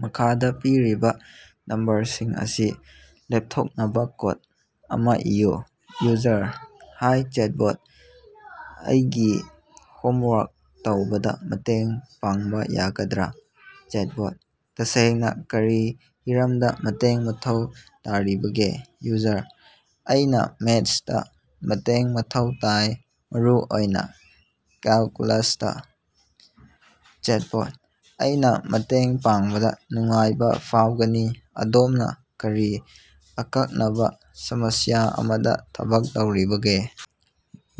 ꯃꯈꯥꯗ ꯄꯤꯔꯤꯕ ꯅꯝꯕꯔꯁꯤꯡ ꯑꯁꯤ ꯂꯦꯞꯊꯣꯛꯅꯕ ꯀꯣꯗ ꯑꯃ ꯏꯌꯨ꯫ ꯌꯨꯖꯔ: ꯍꯥꯢ ꯆꯦꯇꯕꯣꯠ ꯑꯩꯒꯤ ꯍꯣꯝ ꯋꯥꯔꯛ ꯇꯧꯕꯗ ꯃꯇꯦꯡ ꯄꯥꯡꯕ ꯌꯥꯒꯗ꯭ꯔꯥ? ꯆꯦꯇꯕꯣꯠ: ꯇꯁꯦꯡꯅ ꯀꯔꯤ ꯍꯤꯔꯝꯗ ꯃꯇꯦꯡ ꯃꯊꯧ ꯇꯥꯔꯤꯕꯒꯦ? ꯌꯨꯖꯔ: ꯑꯩꯅꯥ ꯃꯦꯊꯁꯇꯥ ꯃꯇꯦꯡ ꯃꯊꯧ ꯇꯥꯏ ꯃꯔꯨꯑꯣꯏꯅ ꯀꯦꯜꯀꯨꯂꯁꯇꯥ꯫ ꯆꯦꯇꯕꯣꯠ: ꯑꯩꯅꯥ ꯃꯇꯦꯡ ꯄꯥꯡꯕꯗ ꯅꯨꯡꯉꯥꯏꯕ ꯐꯥꯎꯒꯅꯤ ꯑꯗꯣꯝꯅ ꯀꯔꯤ ꯑꯀꯛꯅꯕ ꯁꯃꯁ꯭ꯌꯥ ꯑꯃꯗ ꯊꯕꯛ ꯇꯧꯔꯤꯕꯒꯦ?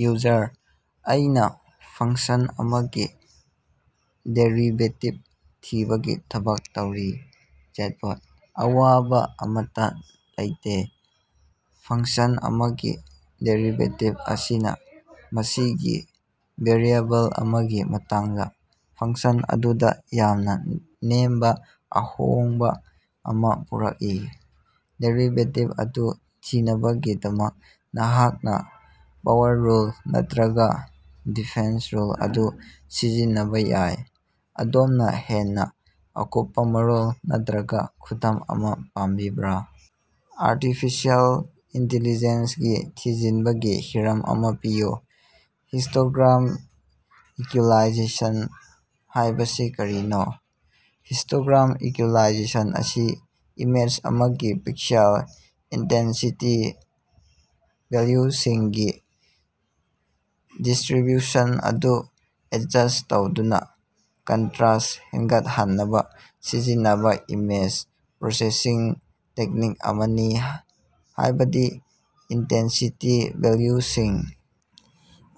ꯌꯨꯖꯔ: ꯑꯩꯅꯥ ꯐꯡꯀꯁꯟ ꯑꯃꯒꯤ ꯗꯦꯔꯤꯕꯦꯇꯤꯕ ꯊꯤꯕꯒꯤ ꯊꯕꯛ ꯇꯧꯔꯤ꯫ ꯆꯦꯇꯕꯣꯠ: ꯑꯋꯥꯕ ꯑꯃꯠꯇ ꯂꯩꯇꯦ ꯐꯡꯀꯁꯟ ꯑꯃꯒꯤ ꯗꯦꯔꯤꯕꯦꯇꯤꯕ ꯑꯁꯤꯅ ꯃꯁꯤꯒꯤ ꯚꯦꯔꯤꯑꯦꯕꯜ ꯑꯃꯒꯤ ꯃꯇꯥꯡꯗ ꯐꯡꯀꯁꯟ ꯑꯗꯨꯗ ꯌꯥꯝꯅ ꯅꯦꯝꯕ ꯑꯍꯣꯡꯕ ꯑꯃꯥ ꯄꯨꯔꯛꯏ꯫ ꯗꯦꯔꯤꯕꯦꯇꯤꯕ ꯑꯗꯨ ꯊꯤꯅꯕꯒꯤꯗꯃꯛ ꯅꯍꯥꯛꯅ ꯄꯥꯋꯔ ꯔꯨꯜ ꯅꯠꯇ꯭ꯔꯒ ꯗꯤꯐꯦꯟꯁ ꯔꯨꯜ ꯑꯗꯨ ꯁꯤꯖꯤꯟꯅꯕ ꯌꯥꯏ꯫ ꯑꯗꯣꯝꯅ ꯍꯦꯟꯅ ꯑꯀꯨꯞꯄꯥ ꯃꯔꯣꯜ ꯅꯠꯇ꯭ꯔꯒ ꯈꯨꯗꯝ ꯑꯃ ꯄꯥꯝꯕꯤꯕꯔꯥ? ꯑꯥꯔꯇꯤꯐꯤꯁꯤꯑꯦꯜ ꯏꯟꯇꯤꯂꯤꯖꯦꯟꯁ ꯒꯤ ꯊꯤꯖꯤꯟꯕꯒꯤ ꯍꯤꯔꯝ ꯑꯃ ꯄꯤꯌꯨ꯫ ꯍꯤꯁ꯭ꯇꯣꯒ꯭ꯔꯥꯝ ꯏꯛꯌꯨꯏꯂꯥꯏꯖꯦꯁꯟ ꯍꯥꯌꯕꯁꯤ ꯀꯔꯤꯅꯣ? ꯍꯤꯁ꯭ꯇꯣꯒ꯭ꯔꯥꯝ ꯏꯀꯨꯏꯂꯥꯏꯖꯦꯁꯟ ꯑꯁꯤ ꯏꯃꯦꯖ ꯑꯃꯒꯤ ꯄꯤꯛꯁꯦꯜ ꯏꯟꯇꯦꯟꯁꯤꯇꯤ ꯚꯦꯜꯌꯨꯁꯤꯡꯒꯤ ꯗꯤꯁꯇ꯭ꯔꯤꯕ꯭ꯌꯨꯁꯟ ꯑꯗꯨ ꯑꯦꯗꯖꯁ꯭ꯠ ꯇꯧꯗꯨꯅ ꯀꯟꯇ꯭ꯔꯁ꯭ꯠ ꯍꯦꯟꯒꯠꯍꯟꯅꯕ ꯁꯤꯖꯤꯟꯅꯕ ꯏꯃꯦꯖ ꯄ꯭ꯔꯣꯁꯦꯁꯤꯡ ꯇꯦꯛꯅꯤꯛ ꯑꯃꯅꯤ ꯍꯥꯢꯕꯗꯤ ꯏꯟꯇꯦꯟꯁꯤꯇꯤ ꯚꯦꯜꯌꯨꯁꯤꯡ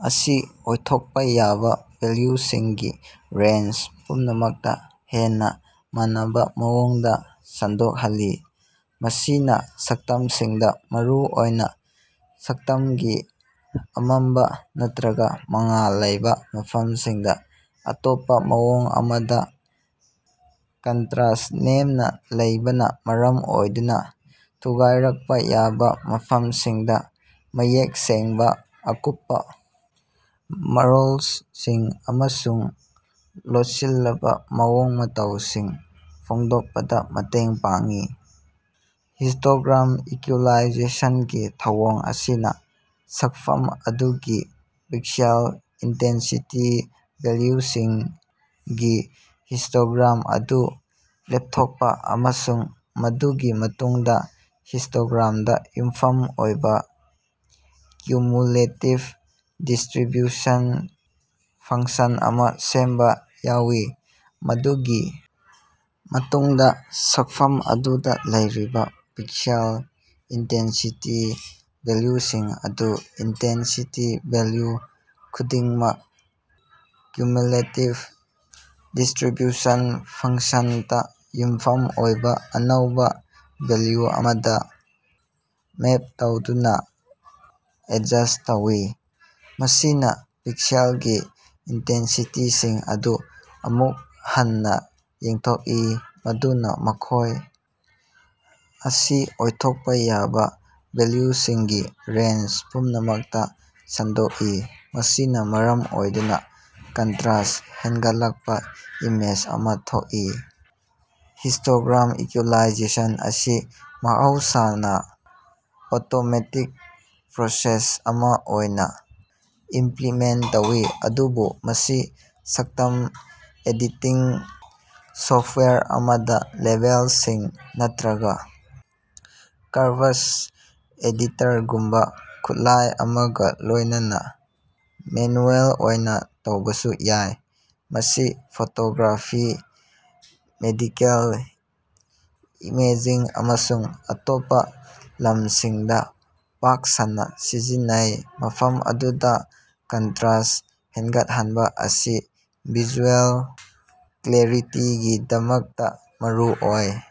ꯑꯁꯤ ꯑꯣꯏꯊꯣꯛꯄ ꯌꯥꯕ ꯚꯦꯜꯌꯨꯁꯤꯡꯒꯤ ꯔꯦꯟꯖ ꯄꯨꯝꯅꯃꯛꯇ ꯍꯦꯟꯅ ꯃꯥꯟꯅꯕ ꯃꯑꯣꯡꯗ ꯁꯟꯗꯣꯛꯍꯜꯂꯤ꯫ ꯃꯁꯤꯅ ꯁꯛꯇꯝꯁꯤꯡꯗ ꯃꯔꯨꯑꯣꯏꯅ ꯁꯛꯇꯝꯒꯤ ꯑꯃꯝꯕ ꯅꯠꯇ꯭ꯔꯒ ꯃꯉꯥꯜ ꯂꯩꯕꯥ ꯃꯐꯝꯁꯤꯡꯗꯥ ꯑꯇꯣꯞꯄ ꯃꯑꯣꯡ ꯑꯃꯗ ꯀꯟꯠꯔꯁ꯭ꯠ ꯅꯦꯝꯅ ꯂꯩꯕꯅ ꯃꯔꯝ ꯑꯣꯏꯗꯨꯅ ꯊꯨꯒꯥꯏꯔꯛꯄ ꯌꯥꯕ ꯃꯐꯝꯁꯤꯡꯗ ꯃꯌꯦꯛ ꯁꯦꯡꯕ ꯑꯀꯨꯞꯄ ꯃꯔꯣꯜꯁꯤꯡ ꯑꯃꯁꯨꯡ ꯂꯣꯠꯁꯤꯜꯂꯕ ꯃꯑꯣꯡ ꯃꯇꯧꯁꯤꯡ ꯐꯣꯡꯗꯣꯛꯄꯗ ꯃꯇꯦꯡ ꯄꯥꯡꯏ꯫ ꯍꯤꯁ꯭ꯇꯣꯒ꯭ꯔꯥꯝ ꯏꯀꯨꯏꯂꯥꯏꯖꯦꯁꯟꯒꯤ ꯊꯧꯑꯣꯡ ꯑꯁꯤꯅ ꯁꯛꯐꯝ ꯑꯗꯨꯒꯤ ꯄꯤꯛꯁꯦꯜ ꯏꯟꯇꯦꯟꯁꯤꯇꯤ ꯚꯦꯜꯌꯨꯁꯤꯡꯒꯤ ꯍꯤꯁ꯭ꯇꯣꯒ꯭ꯔꯥꯝ ꯑꯗꯨ ꯂꯦꯞꯊꯣꯛꯄ ꯑꯃꯁꯨꯡ ꯃꯗꯨꯒꯤ ꯃꯇꯨꯡꯗ ꯍꯤꯁ꯭ꯇꯣꯒ꯭ꯔꯥꯝꯗ ꯌꯨꯝꯐꯝ ꯑꯣꯏꯕ ꯀ꯭ꯌꯨꯃꯨꯂꯦꯇꯤꯕ ꯗꯤꯁꯇ꯭ꯔꯤꯕ꯭ꯌꯨꯁꯟ ꯐꯪꯁꯟ ꯑꯃ ꯁꯦꯝꯕ ꯌꯥꯎꯏ꯫ ꯃꯗꯨꯒꯤ ꯃꯇꯨꯡꯗ ꯁꯛꯐꯝ ꯑꯗꯨꯗ ꯂꯩꯔꯤꯕ ꯄꯤꯛꯁꯦꯜ ꯏꯟꯇꯦꯟꯁꯤꯇꯤ ꯚꯦꯜꯌꯨꯁꯤꯡ ꯑꯗꯨ ꯏꯟꯇꯦꯟꯁꯤꯇꯤ ꯚꯦꯜꯌꯨ ꯈꯨꯗꯤꯡꯃꯛ ꯀ꯭ꯌꯨꯃꯨꯂꯦꯇꯤꯕ ꯗꯤꯁꯇ꯭ꯔꯤꯕ꯭ꯌꯨꯁꯟ ꯐꯡꯀꯁꯟ ꯇꯥ ꯌꯨꯝꯐꯝ ꯑꯣꯏꯕ ꯑꯅꯧꯕ ꯚꯦꯜꯌꯨ ꯑꯃꯗ ꯃꯦꯞ ꯇꯧꯗꯨꯅꯥ ꯑꯦꯗꯖꯁ꯭ꯠ ꯇꯧꯏ꯫ ꯃꯁꯤꯅ ꯄꯤꯛꯁꯦꯜꯒꯤ ꯏꯟꯇꯦꯟꯁꯤꯇꯤꯁꯤꯡ ꯑꯗꯨ ꯑꯃꯨꯛ ꯍꯟꯅ ꯌꯦꯟꯊꯣꯛꯏ ꯑꯗꯨꯅ ꯃꯈꯣꯢ ꯑꯁꯤ ꯑꯣꯏꯊꯣꯛꯄ ꯌꯥꯕ ꯚꯦꯜꯌꯨꯁꯤꯡꯒꯤ ꯔꯦꯟꯖ ꯄꯨꯝꯅꯃꯛꯇ ꯁꯟꯗꯣꯛꯏ, ꯃꯁꯤꯅ ꯃꯔꯝ ꯑꯣꯏꯗꯨꯅ ꯀꯟꯇꯔꯁ꯭ꯠ ꯍꯦꯟꯒꯠꯂꯛꯄ ꯏꯃꯦꯖ ꯑꯃ ꯊꯣꯛꯏ꯫ ꯍꯤꯁ꯭ꯇꯣꯒ꯭ꯔꯥꯝ ꯏꯀꯨꯏꯂꯥꯏꯖꯦꯁꯟ ꯑꯁꯤ ꯃꯍꯧꯁꯥꯅ ꯑꯣꯇꯣꯃꯦꯇꯦꯗ ꯄ꯭ꯔꯣꯁꯦꯁ ꯑꯃ ꯑꯣꯏꯅ ꯏꯃꯄ꯭ꯂꯤꯃꯦꯟꯇ ꯇꯧꯏ ꯑꯗꯨꯕꯨ ꯃꯁꯤ ꯁꯛꯇꯝ ꯑꯦꯗꯤꯇꯤꯡ ꯁꯣꯐꯇꯋꯥꯌꯔ ꯑꯃꯗ ꯂꯦꯚꯦꯜꯁꯤꯡ ꯅꯠꯇ꯭ꯔꯒ ꯀꯔꯚꯁ ꯑꯦꯗꯤꯇꯔꯒꯨꯝꯕ ꯈꯨꯠꯂꯥꯢ ꯑꯃꯒ ꯂꯣꯢꯅꯅꯥ ꯃꯦꯅꯨꯑꯦꯜ ꯑꯣꯏꯅ ꯇꯧꯕꯁꯨ ꯌꯥꯏ꯫ ꯃꯁꯤ ꯐꯣꯇꯣꯒ꯭ꯔꯥꯐꯤ ꯃꯦꯗꯤꯀꯦꯜ ꯏꯃꯦꯖꯤꯡ ꯑꯃꯁꯨꯡ ꯑꯇꯣꯞꯄ ꯂꯝꯁꯤꯡꯗ ꯄꯥꯛ ꯁꯟꯅ ꯁꯤꯖꯤꯟꯅꯩ ꯃꯐꯝ ꯑꯗꯨꯗ ꯀꯟꯇ꯭ꯔꯥꯁ ꯍꯦꯟꯒꯠꯍꯟꯕ ꯑꯁꯤ ꯚꯤꯖꯨꯑꯦꯜ ꯀ꯭ꯂꯦꯔꯤꯇꯤꯒꯤꯗꯃꯛꯇ ꯃꯔꯨ ꯑꯣꯏ꯫